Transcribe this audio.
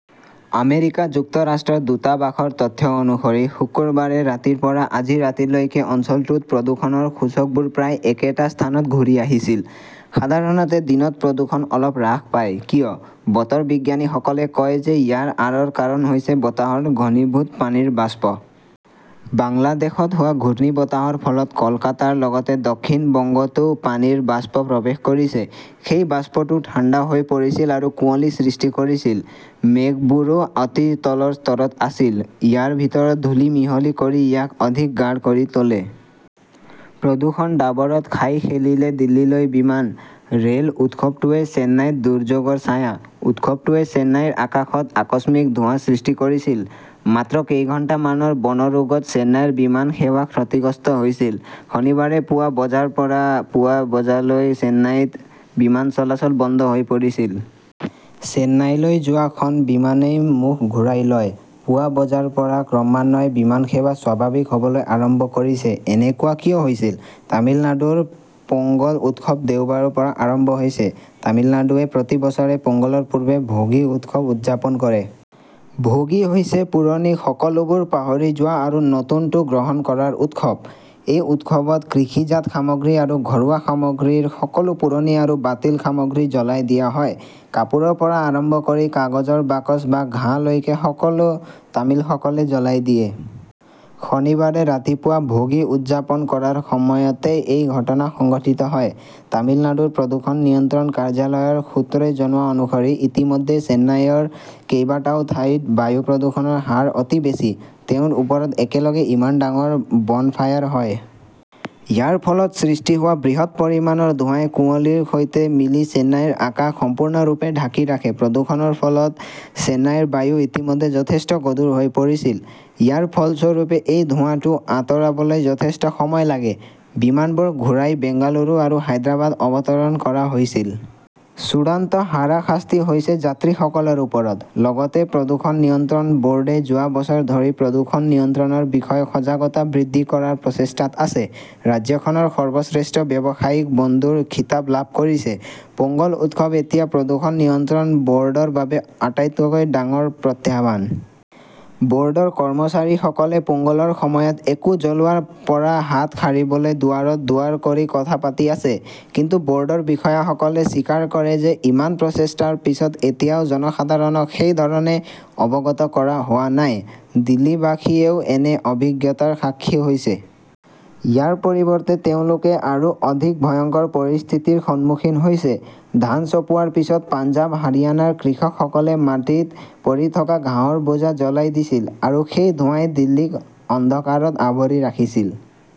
America যুক্তৰাষ্ট্ৰৰ দূতাবাসৰ তথ্য অনুসৰি, শুকুৰবাৰে ৰাতিৰ পৰা আজি ৰাতি লৈকে অঞ্চলটোত প্ৰদূষণৰ সূচকবোৰ প্ৰায় একেটা স্থানত ঘূৰি আহিছিল। সাধাৰণতে, দিনত প্ৰদূষণ অলপ হ্ৰাস পায়। কিয়? বতৰ বিজ্ঞানীসকলে কয় যে ইয়াৰ আঁৰৰ কাৰণ হৈছে বতাহৰ ঘনীভূত পানীৰ বাষ্প। বাংলাদেশত হোৱা ঘূৰ্ণীবতাহৰ ফলত কলকাতাৰ লগতে দক্ষিণ বংগতো পানীৰ বাষ্প প্ৰৱেশ কৰিছে। সেই বাষ্পটো ঠাণ্ডা হৈ পৰিছিল আৰু কুঁৱলী সৃষ্টি কৰিছিল। মেঘবোৰো অতি তলৰ স্তৰত আছিল। ইয়াৰ ভিতৰত ধূলি মিহলি কৰি ইয়াক অধিক গাঢ় কৰি তোলে। প্ৰদূষণ-ডাৱৰত খাই খেলিলে দিল্লীলৈ বিমান, ৰে'ল উৎসৱটোৱেই চেন্নাইত দুৰ্যোগৰ ছায়া। উৎসৱটোৱে চেন্নাইৰ আকাশত আকস্মিক ধোঁৱাৰ সৃষ্টি কৰিছিল। মাত্ৰ কেইঘণ্টামানৰ বনৰোগত চেন্নাইৰ বিমান সেৱা ক্ষতিগ্ৰস্ত হৈছিল। শনিবাৰে পুৱা বজাৰ পৰা পুৱা বজালৈকে চেন্নাইত বিমান চলাচল বন্ধ হৈ পৰিছিল। চেন্নাইলৈ যোৱা খন বিমানই মুখ ঘূৰাই লয়। পুৱা বজাৰ পৰা ক্ৰমান্বয়ে বিমান সেৱা স্বাভাৱিক হ'বলৈ আৰম্ভ কৰিছে। এনেকুৱা কিয় হৈছিল? তামিলনাডুৰ পোংগল উৎসৱ দেওবাৰৰ পৰা আৰম্ভ হৈছে। তামিলনাডুৱে প্ৰতি বছৰে পোঙ্গলৰ পূৰ্বে ভোগী উৎসৱ উদযাপন কৰে। ভোগী হৈছে পুৰণি সকলোবোৰ পাহৰি যোৱা আৰু নতুনটো গ্ৰহণ কৰাৰ উৎসৱ। এই উৎসৱত কৃষিজাত সামগ্ৰী আৰু ঘৰুৱা সামগ্ৰীৰ সকলো পুৰণি আৰু বাতিল সামগ্ৰী জ্বলাই দিয়া হয়। কাপোৰৰ পৰা আৰম্ভ কৰি কাগজৰ বাকচ বা ঘাঁহলৈকে সকলো তামিলসকলে জ্বলাই দিয়ে। শনিবাৰে ৰাতিপুৱা ভোগী উদযাপন কৰাৰ সময়তে এই ঘটনা সংঘটিত হয়। তামিলনাডুৰ প্ৰদূষণ নিয়ন্ত্ৰণ কাৰ্যালয়ৰ সূত্ৰই জনোৱা অনুসৰি ইতিমধ্যে চেন্নাইৰ কেইবাটাও ঠাইত বায়ু প্ৰদূষণৰ হাৰ অতি বেছি। তেওঁৰ ওপৰত একেলগে ইমান ডাঙৰ বনফায়াৰ হয়। ইয়াৰ ফলত সৃষ্টি হোৱা বৃহৎ পৰিমাণৰ ধোঁৱাই কুঁৱলীৰ সৈতে মিলি চেন্নাইৰ আকাশ সম্পূৰ্ণৰূপে ঢাকি ৰাখে। প্ৰদূষণৰ ফলত চেন্নাইৰ বায়ু ইতিমধ্যে যথেষ্ট গধুৰ হৈ পৰিছিল। ইয়াৰ ফলস্বৰূপে এই ধোঁৱাটো আঁতৰাবলৈ যথেষ্ট সময় লাগে। বিমানবোৰ ঘূৰাই বেংগালুৰু আৰু হায়দৰাবাদত অৱতৰণ কৰা হৈছিল। চূড়ান্ত হাৰাশাস্তি হৈছে যাত্ৰীসকলৰ ওপৰত। লগতে প্ৰদূষণ নিয়ন্ত্ৰণ বৰ্ডে যোৱা বছৰ ধৰি প্ৰদূষণ নিয়ন্ত্ৰণৰ বিষয়ে সজাগতা বৃদ্ধি কৰাৰ প্ৰচেষ্টাত আছে, ৰাজ্যখনৰ সৰ্বশ্ৰেষ্ঠ ব্যৱসায়িক-বন্ধুৰ খিতাপ লাভ কৰিছে। পোংগল উৎসৱ এতিয়া প্ৰদূষণ নিয়ন্ত্ৰণ ব'ৰ্ডৰ বাবে আটাইতকৈ ডাঙৰ প্ৰত্যাহ্বান। ব'ৰ্ডৰ কৰ্মচাৰীসকলে পোঙ্গলৰ সময়ত একো জ্বলোৱাৰ পৰা হাত সাৰিবলৈ দুৱাৰত দুৱাৰ কৰি কথা পাতি আছে। কিন্তু ব'ৰ্ডৰ বিষয়াসকলে স্বীকাৰ কৰে যে ইমান প্ৰচেষ্টাৰ পিছত এতিয়াও জনসাধাৰণক সেই ধৰণে অৱগত কৰা হোৱা নাই। দিল্লীবাসীয়েও এনে অভিজ্ঞতাৰ সাক্ষী হৈছে। ইয়াৰ পৰিৱৰ্তে তেওঁলোকে আৰু অধিক ভয়ংকৰ পৰিস্থিতিৰ সন্মুখীন হৈছে। ধান চপোৱাৰ পিছত পঞ্জাৱ, হাৰিয়ানাৰ কৃষকসকলে মাটিত পৰি থকা ঘাঁহৰ বোজা জ্বলাই দিছিল। আৰু সেই ধোঁৱাই দিল্লীক অন্ধকাৰত আৱৰি ৰাখিছিল।